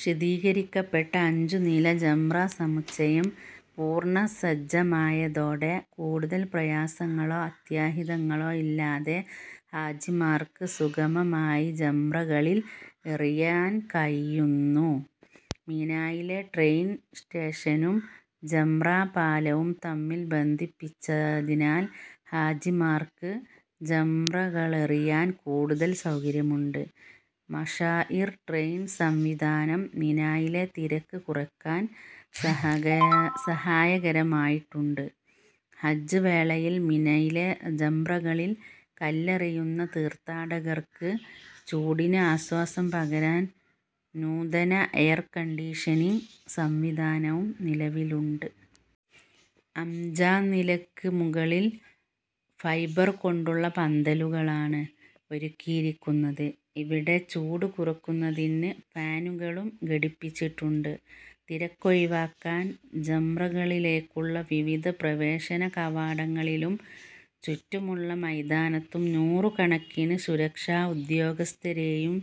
ശീതീകരിക്കപ്പെട്ട അഞ്ചുനില ജംറ സമുച്ചയം പൂർണസജ്ജമായതോടെ കൂടുതൽ പ്രയാസങ്ങളോ അത്യാഹിതങ്ങളോ ഇല്ലാതെ ഹാജിമാർക്ക് സുഗമമായി ജംറകളിൽ എറിയാൻ കഴിയുന്നു. മിനായിലെ ട്രെയിൻ സ്റ്റേഷനും ജംറ പാലവും തമ്മിൽ ബന്ധിപ്പിച്ചതിനാൽ ഹാജിമാർക്ക് ജംറകളെറിയാൻ കൂടുതൽ സൗകര്യമുണ്ട്. മശാഇർ ട്രെയിൻ സംവിധാനം മിനായിലെ തിരക്ക് കുറക്കാൻ സഹായകരമായിട്ടുണ്ട്. ഹജ്ജ് വേളയിൽ മിനയിലെ ജംറകളിൽ കല്ലെറിയുന്ന തീർഥാടകർക്ക് ചൂടിന് ആശ്വാസം പകരാൻ നൂതന എയർകണ്ടീഷനിങ് സംവിധാനവും നിലവിലുണ്ട്. അഞ്ചാം നിലക്ക് മുകളിൽ ഫൈബർ കൊണ്ടുള്ള പന്തലുകളാണ് ഒരുക്കിയിരിക്കുന്നത്. ഇവിടെ ചൂട് കുറക്കുന്നതിന് ഫാനുകളും ഘടിപ്പിച്ചിട്ടുണ്ട്. തിരക്കൊഴിവാക്കാൻ ജംറകളിലേക്കുള്ള വിവിധ പ്രവേശന കവാടങ്ങളിലും ചുറ്റുമുള്ള മൈതാനത്തും നൂറുക്കണക്കിന് സുരക്ഷ ഉദ്യോഗസ്ഥരെയും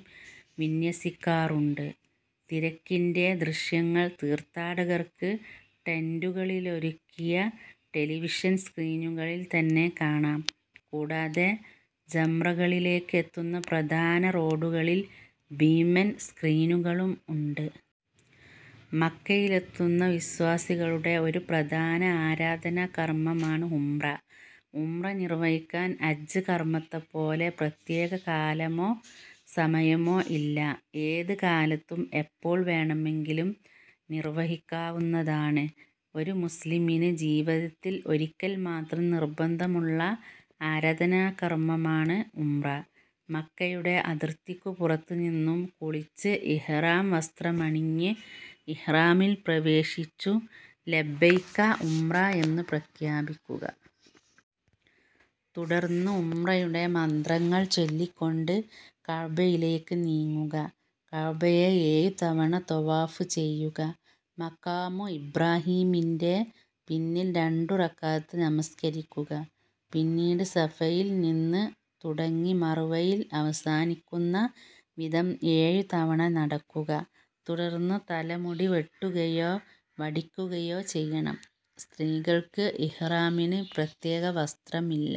വിന്ന്യസിക്കാറുണ്ട്. തിരക്കിന്റെ ദൃശ്യങ്ങൾ തീർഥാടകർക്ക് ടന്റുകളിലൊരുക്കിയ ടെലിവിഷൻ സ്ക്രീനുകളിൽ തന്നെ കാണാം. കൂടാതെ ജംറകളിലേക്ക് എത്തുന്ന പ്രധാന റോഡുകളിൽ ഭീമൻ സ്ക്രീനുകളും ഉണ്ട്. മക്കയിലെത്തുന്ന വിശ്വാസികളുടെ ഒരു പ്രധാന ആരാധനാ കർമമാണ് ഉംറ. ഉംറ നിർവഹിക്കാൻ ഹജ്ജ് കർമ്മത്തെപ്പോലെ പ്രത്യേക കാലമോ സമയമോ ഇല്ല. ഏത് കാലത്തും എപ്പോൾ വേണമെങ്കിലും നിർവ്വഹിക്കാവുന്നതാണ്. ഒരു മുസ്ലിമിന് ജീവിതത്തിൽ ഒരിക്കൽ മാത്രം നിർബന്ധമുള്ള ആരാധനാ കർമമാണ് ഉംറ. മക്കയുടെ അതിർത്തിക്കു പുറത്തു നിന്നും കുളിച്ച് ഇഹ്റാം വസ്ത്രമണിഞ്ഞ് ഇഹ്റാമിൽ പ്രവേശിച്ചു ലബൈക ഉംറ എന്ന് പ്രഖ്യാപിക്കുക. തുടർന്ന് ഉംറയുടെ മന്ത്രങ്ങൾ ചൊല്ലിക്കൊണ്ട് കഅബയിലേക്ക് നീങ്ങുക. കഅബയെ ഏഴു തവണ ത്വവാഫ് ചെയ്യുക. മഖാമു ഇബ്റാഹീമിന്റെ പിന്നിൽ രണ്ടു റക്അത്ത് നമസ്കരിക്കുക. പിന്നീട് സഫയിൽ നിന്ന് തുടങ്ങി മർവയിൽ അവസാനിക്കുന്ന വിധം ഏഴുതവണ നടക്കുക. തുടർന്ന് തലമുടി വെട്ടുകയോ വടിക്കുകയോ ചെയ്യണം. സ്ത്രീകൾക്ക് ഇഹ്റാമിന്ന് പ്രത്യേക വസ്ത്രമില്ല.